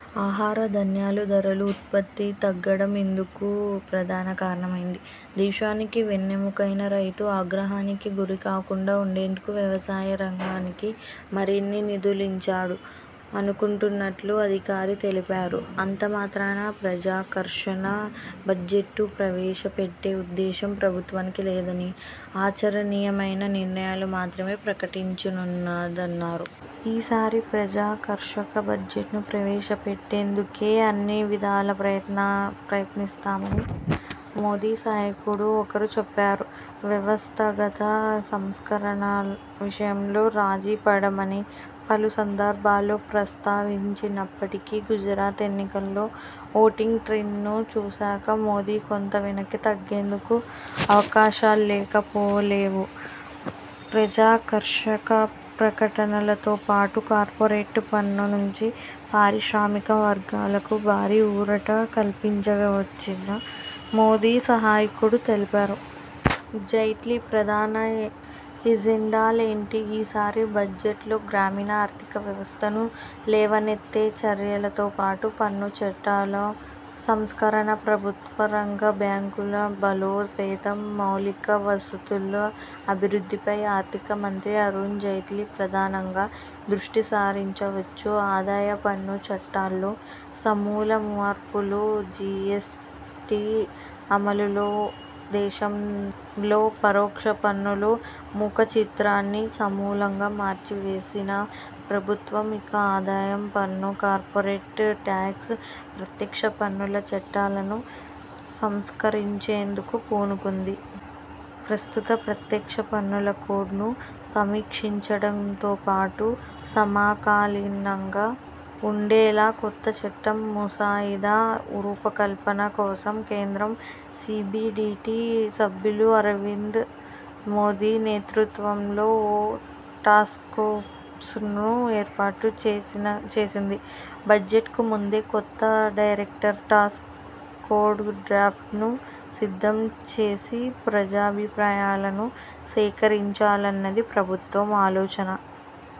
ఆహార ధాన్యాలు ధరలు, ఉత్పత్తి త గ్గడం ఇందుకు ప్రధాన కారణమైంది. దేశానికి వెన్నెముకైన రైతు ఆగ్రహానికి గురికాకుండా ఉండేందుకు వ్యవసాయ రంగానికి మరిన్ని నిధులించాడు అనుకుంటున్నట్లు అధికారి తెలిపారు. అంతమాత్రాన ప్రజాకర్షన బడ్జెట్టు ప్రవేశపెట్టే ఉద్దేశం ప్రభుత్వానికి లేదని, ఆచరణీయమైన నిర్ణయాలను మాత్రమే ప్రకటించనున్నదన్నారు. ఈసారి ప్రజాకర్షక బడ్జెట్ను ప్రవేశపెట్టేందుకే అన్ని విధాలా ప్రయత్నిస్తామని మోదీ సహాయకుడు ఒకరు చెప్పారు. వ్యవస్థాగత సంస్కరణ విషయంలో రాజీపడమని పలు సందర్భాల్లో ప్రస్తావించినప్పటికీ గుజరాత్ ఎన్నికల్లో ఓటింగ్ ట్రెండ్ను చూశాక మోదీ కొంత వెనక్కి తగ్గేందుకు అవకాశాల్లేకపోలేవు. ప్రజాకర్షక ప్రకటనలతోపాటు కార్పొరేట్ పన్ను నుంచి పారిశ్రామిక వర్గాలకు భారీ ఊరట కల్పించవచ్చని మోదీ సహాయకుడు తెలిపారు. జైట్లీ ప్రధాన ఎజెండాలేంటి? ఈసారి బడ్జెట్లో గ్రామీణ ఆర్థిక వ్యవస్థను లేవనెత్తే చర్యలతోపాటు పన్ను చట్టాల సంస్కరణ, ప్రభుత్వ రంగ బ్యాంకుల బలోపేతం, మౌలిక వసతుల అభివృద్ధిపై ఆర్థిక మంత్రి అరుణ్ జైట్లీ ప్రధానంగా దృష్టిసారించవచ్చు ఆదాయ పన్ను చట్టాల్లో సమూల మార్పులు: జిఎ్సటి అమలులో దేశంలో పరోక్ష పన్నులు ముఖచిత్రాన్ని సమూలంగా మార్చివేసిన ప్రభుత్వం ఇక ఆదాయం పన్ను, కార్పొరేట్ టాక్స్ ప్రత్యక్ష పన్నుల చట్టాలను సంస్కరించేందుకు పూనుకుంది. ప్రస్తుత ప్రత్యక్ష పన్నుల కోడ్ను సమీక్షించడంతోపాటు సమకాలీనంగా ఉండేలా కొత్త చట్టం ముసాయిదా రూపకల్పన కోసం కేంద్రం సిబిడిటి సభ్యులు అరవింద్ మోదీ నేతృత్వంలో ఓ టాస్క్ఫోర్స్ను ఏర్పాటు చేసింది. బడ్జెట్కు ముందే కొత్త డైరెక్ట్ టాక్స్ కోడ్ డ్రాఫ్ట్ను సిద్ధం చేసి ప్రజాభిప్రాయాలను సేకరించాలన్నది ప్రభుత్వం ఆలోచన.